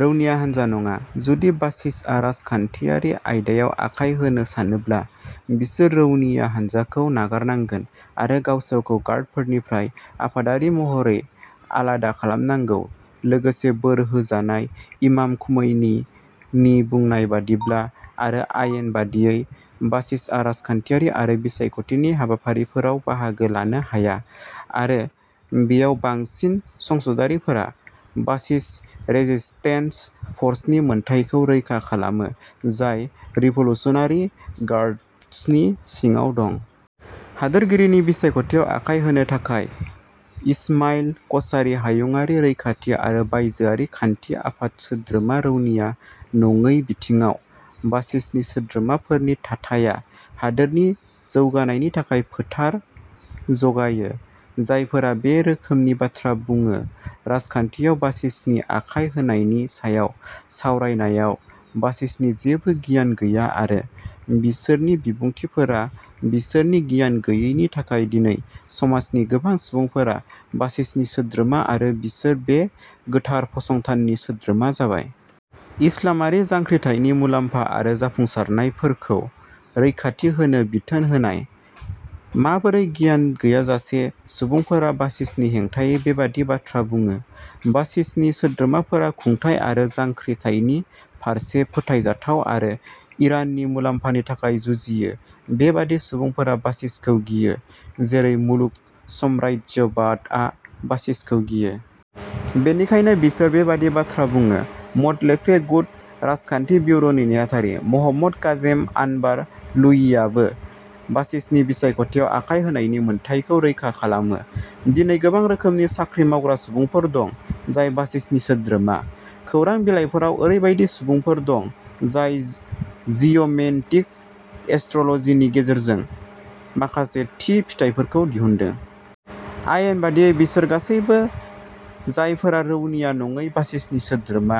रौनिया हानजा नङा। जुदि बासिजआ राजखान्थियारि आयदायाव आखाय होनो सानोब्ला, बिसोर रौनिया हान्जाखौ नागारनांगोन आरो गावसोरखौ गार्डफोरनिफ्राय आफादारि महरै आलादा खालामनांगौ लोगोसे बोर होजानाय इमाम खुमैनी नि बुंनाय बादिब्ला आरो आयेन बादियै बासिजआ राजखान्थियारि आरो बिसायख'थि हाबाफारिफोराव बाहागो लानो हाया आरो बेयाव बांसिन संसदारिफोरा बासिज रेजिस्टेन्स फर्सनि मोनथायखौ रैखा खालामो जाय रिभलुसनारि गार्डसनि सिङाव दं। हादोरगिरिनि बिसायख'थियाव आखाय होनो थाखाय इसमाइल क'सारी हायुंआरि रैखाथि आरो बायजोआरि खान्थि आफाद सोद्रोमा रौनिया नङै बिथिङाव बासिजनि सोद्रोमाफोरनि थाथाया हादोरनि जौगानायनि थाखाय फोथार जगायो जायफोरा बे रोखोमनि बाथ्रा बुङो राजखान्थियाव बासिजनि आखाय होनायनि सायाव सावरायनायाव बासिजनि जेबो गियान गैया आरो बिसोरनि बिबुंथिफोरा बिसोरनि गियान गैयैनि थाखाय दिनै समाजनि गोबां सुबुंफोरा बासिजनि सोद्रोमा आरो बिसोर बे गोथार फसंथाननि सोद्रोमा जाबाय। इस्लामारि जांख्रिथायनि मुलाम्फा आरो जाफुंसारनायफोरखौ रैखाथि होनो बिथोन होनाय। माबोरै गियान गैयाजासे सुबुंफोरा बासिजनि हेंथायै बेबायदि बाथ्रा बुङो? बासिजनि सोद्रोमाफोरा खुंथाय आरो जांख्रिथायनि फारसे फोथायजाथाव आरो इराननि मुलाम्फानि थाखाय जुजियो बेबादि सुबुंफोरा बासिजखौ गियो जेरै मुलुग साम्राज्यबादआ बासिजखौ गियो। बेनिखायनो बिसोर बेबादि बाथ्रा बुङो म'तलेफे गुट राजखान्थि बिउर'नि नेहाथारि महम्मद काजेम आनबार लुइयियाबो बासिजनि बिसायख'थियाव आखाय होनायनि मोन्थाइखौ रैखा खालामो दिनै गोबां रोखोमनि साख्रि मावग्रा सुबुंफोर दं जाय बासिजनि सोद्रोमा। खौरां बिलाइफोराव ओरैबायदि सुबुंफोर दं जाय जिअ'मेन्टिक एस्ट्र'लजिनि गेजेरजों माखासे थि फिथाइफोरखौ दिहुनदों। आयेन बादियै बिसोर गासैबो जायफोरा रौनिया नङै बासिजनि सोद्रोमा,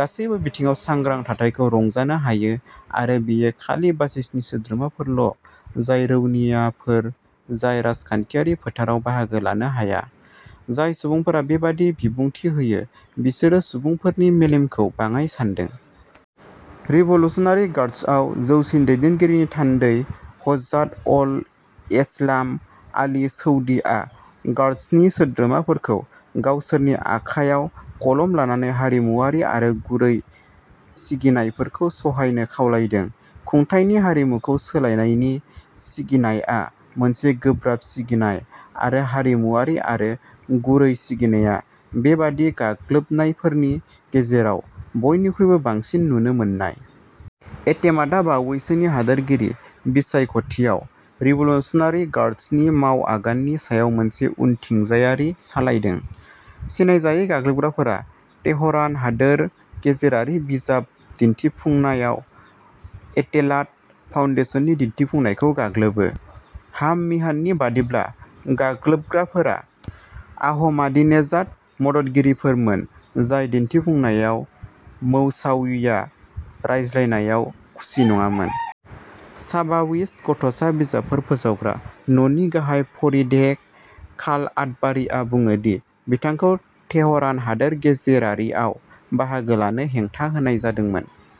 गासैबो बिथिङाव सांग्रां थाथायखौ रंजानो हायो आरो बेयो खालि बासिजनि सोद्रोमाफोरल' जाय रौनियाफोर जाय राजखान्थियारि फोथाराव बाहागो लानो हाया। जाय सुबुंफोरा बेबादि बिबुंथि होयो बिसोरो सुबुंफोरनि मेलेमखौ बाङाइ सान्दों। रिभलुसनारि गार्डसआव जौसिन दैदेनगिरिनि थान्दै हज्जात अल एसलाम आली सैदीआ गार्डसनि सोद्रोमाफोरखौ "गावसोरनि आखायाव कलम लानानै हारिमुआरि आरो गुरै सिगिनायफोरखौ सहायनो" खावलायदों। खुंथायनि हारिमुखौ सोलायनायनि सिगिनायआ मोनसे गोब्राब सिगिनाय आरो हारिमुआरि आरो गुरै सिगिनायआ बेबादि गाग्लोबनायफोरनि गेजेराव बयनिख्रुइबो बांसिन नुनो मोननाय। एटेमाडआ बावैसोनि हादोरगिरि बिसायख'थियाव रिभलुसनारि गार्डसनि मावआगाननि सायाव मोनसे उनथिंजायारि सालायदों। सिनायजायै गाग्लोबग्राफोरा तेहरान हादोर गेजेरारि बिजाब दिन्थिफुंनायाव एटेलात फाउन्डेशननि दिन्थिफुंनायखौ गाग्लोबो। हाम मिहाननि बादिब्ला, गाग्लोबग्राफोरा आहमादिनेजाद मददगिरिफोरमोन, जाय दिन्थिफुंनायाव मौसाविआ रायज्लायनायाव खुसि नङामोन। शाबाविज गथ'सा बिजाबफोर फोसावग्रा न'नि गाहाय फरिदेह खाल आतबारीआ बुङो दि बिथांखौ तेहरान हादोर गेजेरारिआव बाहागो लानो हेंथा होनाय जादोंमोन।